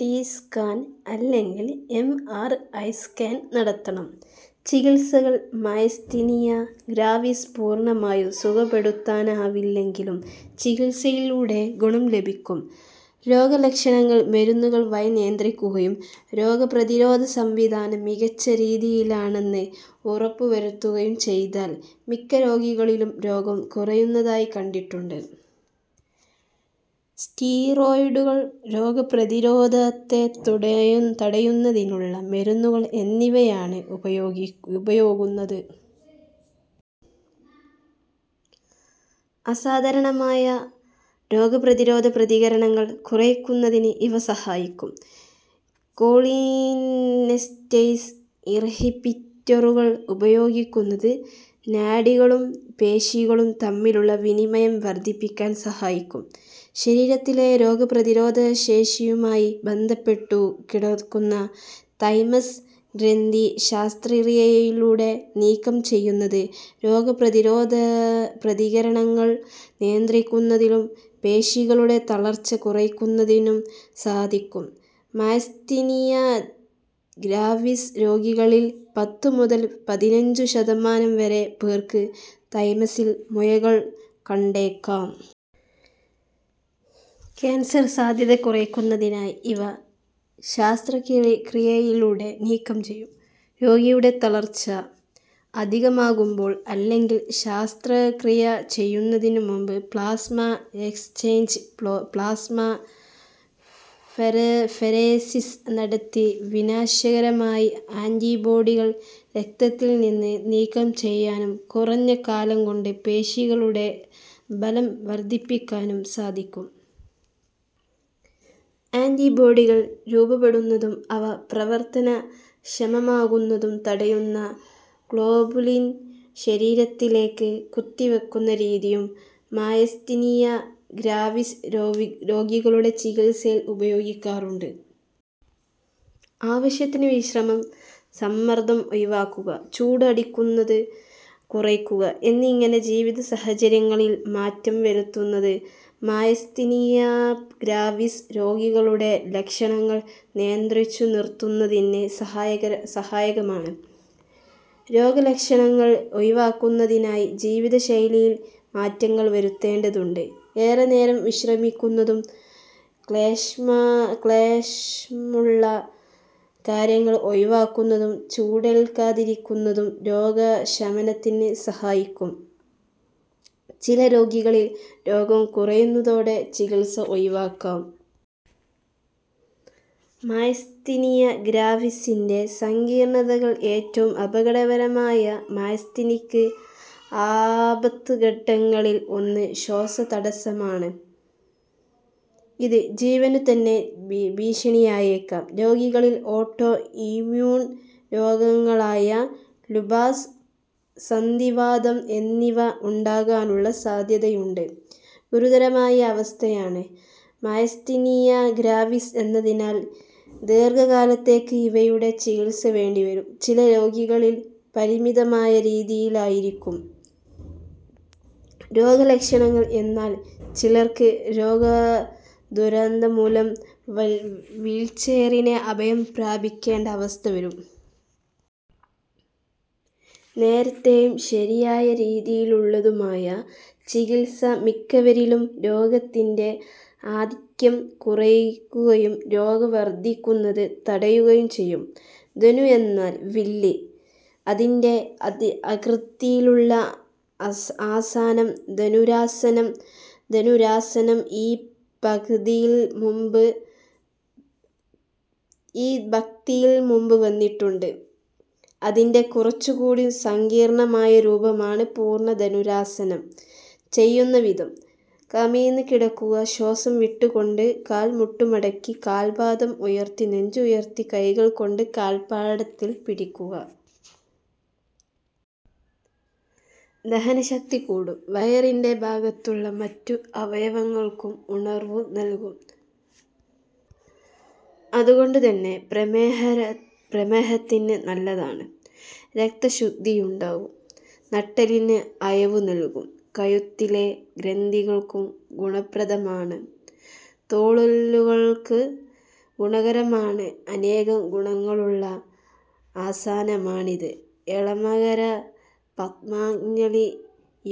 T. Scan അല്ലെങ്കിൽ, M. R. I. Scan നടത്തണം. ചികിത്സകൾ മയസ്തീനിയ ഗ്രാവിസ് പൂർണമായും സുഖപ്പെടുത്താനാവില്ലെങ്കിലും ചികിത്സയിലൂടെ ഗുണം ലഭിക്കും. രോഗലക്ഷണങ്ങൾ മരുന്നുകൾ വഴി നിയന്ത്രിക്കുകയും രോഗപ്രതിരോധ സംവിധാനം മികച്ച രീതിയിലാണെന്ന് ഉറപ്പുവരുത്തുകയും ചെയ്താൽ മിക്ക രോഗികളിലും രോഗം കുറയുന്നതായി കണ്ടിട്ടുണ്ട്. സ്റ്റിറോയ്ഡുകൾ, രോഗപ്രതിരോധത്തെ തടയുന്നതിനുള്ള മരുന്നുകൾ എന്നിവയാണ് ഉപയോഗുന്നത്. അസാധാരണമായ രോഗപ്രതിരോധ പ്രതികരണങ്ങൾ കുറയ്ക്കുന്നതിന് ഇവ സഹായിക്കും. കോളിനെസ്റ്റേയ്സ് ഇൻഹിബിറ്ററുകൾ ഉപയോഗിക്കുന്നത് നാഡികളും പേശികളും തമ്മിലുള്ള വിനിമയം വർധിപ്പിക്കാൻ സഹായിക്കും. ശരീരത്തിലെ രോഗപ്രതിരോധ ശേഷിയുമായി ബന്ധപ്പെട്ടു കിടക്കുന്ന 'തൈമസ് ഗ്രന്ഥി'ശസ്ത്രക്രിയയിലൂടെ നീക്കം ചെയ്യുന്നത് രോഗപ്രതിരോധ പ്രതികരണങ്ങൾ നിയന്ത്രിക്കുന്നതിനും പേശികളുടെ തളർച്ച കുറയ്ക്കുന്നതിനും സാധിക്കും. മയസ്തീനിയ ഗ്രാവിസ് രോഗികളിൽ പത്തു മുതൽ പതിനഞ്ചു ശതമാനം വരെ പേർക്ക് തൈമസിൽ മുഴകൾ കണ്ടേക്കാം. കാൻസർ സാധ്യത കുറയ്ക്കുന്നതിനായി ഇവ ശസ്ത്രക്രിയയിലൂടെ നീക്കം ചെയ്യും. രോഗിയുടെ തളർച്ച അധികമാകുമ്പോൾ അല്ലെങ്കിൽ, ശസ്ത്രക്രിയ ചെയ്യുന്നതിനു മുമ്പ് പ്ലാസ്മ എക്സ്ചേഞ്ച് പ്ലാസ്മ ഫെരേസിസ് നടത്തി വിനാശകരമായ ആന്റിബോഡികൾ രക്തത്തിൽനിന്ന് നീക്കം ചെയ്യാനും കുറഞ്ഞ കാലംകൊണ്ട് പേശികളുടെ ബലം വർധിപ്പിക്കാനും സാധിക്കും. ആന്റിബോഡികൾ രൂപപ്പെടുന്നതും അവ പ്രവർത്തനക്ഷമമാകുന്നതും തടയുന്ന ഗ്ലോബുലിൻ ശരീരത്തിലേക്ക് കുത്തിവയ്ക്കുന്ന രീതിയും മയസ്തീനിയ ഗ്രാവിസ് രോഗികളുടെ ചികിത്സയിൽ ഉപയോഗിക്കാറുണ്ട്. ആവശ്യത്തിന് വിശ്രമം, സമ്മർദം ഒഴിവാക്കുക, ചൂട് അടിക്കുന്നത് കുറയ്ക്കുക എന്നിങ്ങനെ ജീവിത സാഹചര്യങ്ങളിൽ മാറ്റം വരുത്തുന്നത് മയസ്തീനിയ ഗ്രാവിസ് രോഗികളുടെ ലക്ഷണങ്ങൾ നിയന്ത്രിച്ചു നിർത്തുന്നതിന് സഹായകമാണ്. രോഗലക്ഷണങ്ങൾ ഒഴിവാക്കുന്നതിനായി ജീവിതശൈലിയിൽ മാറ്റങ്ങൾ വരുത്തേണ്ടതുണ്ട്. ഏറെനേരം വിശ്രമിക്കുന്നതും ക്ലേശമുള്ള കാര്യങ്ങൾ ഒഴിവാക്കുന്നതും ചൂടേൽക്കാതിരിക്കുന്നതും രോഗശമനത്തിന് സഹായിക്കും. ചില രോഗികളിൽ രോഗം കുറയുന്നതോടെ ചികിത്സ ഒഴിവാക്കാം. മയസ്തീനിയ ഗ്രാവിസിന്റെ സങ്കീർണതകൾ ഏറ്റവും അപകടകരമായ മയസ്തീനിക് ആപത്ഘട്ടങ്ങളിൽ ഒന്ന് ശ്വാസതടസ്സമാണ്. ഇത് ജീവനുതന്നെ ഭീഷണിയായേക്കാം. രോഗികളിൽ ഓട്ടോ ഇമ്യൂൺ രോഗങ്ങളായ ലൂപ്പസ്, സന്ധിവാതം എന്നിവ ഉണ്ടാകാനുള്ള സാധ്യതയുണ്ട്. ഗുരുതരമായ അവസ്ഥയാണ് മയസ്തീനിയ ഗ്രാവിസ് എന്നതിനാൽ ദീർഘകാലത്തേക്ക് ഇവയുടെ ചികിത്സ വേണ്ടിവരും. ചില രോഗികളിൽ പരിമിതമായ രീതിയിലായിരിക്കും രോഗലക്ഷണങ്ങൾ, എന്നാൽ, ചിലർക്ക് രോഗാതുരത മൂലം വീൽച്ചെയറിനെ അഭയം പ്രാപിക്കേണ്ട അവസ്ഥ വരും. നേരത്തെയും ശരിയായ രീതിയിലുള്ളതുമായ ചികിത്സ മിക്കവരിലും രോഗത്തിന്റെ ആധിക്യം കുറയ്ക്കുകയും രോഗം വർധിക്കുന്നത് തടയുകയും ചെയ്യും. ധനു എന്നാൽ വില്ല്. അതിന്റെ ആകൃതിയിലുള്ള ആസനം ധനുരാസനം. ധനുരാസനം ഈ പംക്തിയിൽ മുമ്പ് വന്നിട്ടുണ്ട്. അതിന്റെ കുറച്ചുകൂടി സങ്കീർണമായ രൂപമാണ് പൂർണ ധനുരാസനം. ചെയ്യുന്നവിധം:കമിഴ്ന്ന് കിടക്കുക, ശ്വാസം വിട്ടുകൊണ്ട് കാൽമുട്ടു മടക്കി, കാൽപ്പാദം ഉയർത്തി, നെഞ്ചുയർത്തി കൈകൾകൊണ്ട് കാൽപ്പടത്തിൽ പിടിക്കുക. ദഹനശക്തി കൂടും. വയറിന്റെ ഭാഗത്തുള്ള മറ്റ് അവയവങ്ങൾക്കും ഉണർവു നൽകും. അതുകൊണ്ടുതന്നെ, പ്രമേഹത്തിന് നല്ലതാണ്. രക്തശുദ്ധിയുണ്ടാകും. നട്ടെല്ലിന് അയവു നൽകും. കഴുത്തിലെ ഗ്രന്ഥികൾക്കും ഗുണപ്രദമാണ്. തോളെല്ലുകൾക്കും ഗുണകരമാണ്. അനേകം ഗുണങ്ങളുള്ള ആസനമാണിത്. Elamakkara Patanjali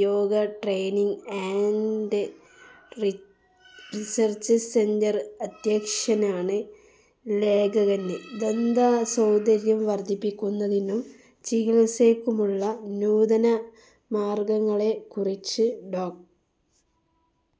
yoga training and research centre അധ്യക്ഷനാണ് ലേഖകന്. ദന്ത സൗന്ദര്യംവര്ധിപ്പിക്കുന്നതിനും ചികിത്സയ്ക്കുമുള്ള നൂതന മാര്ഗങ്ങളെക്കുറിച്ച് ഡോ.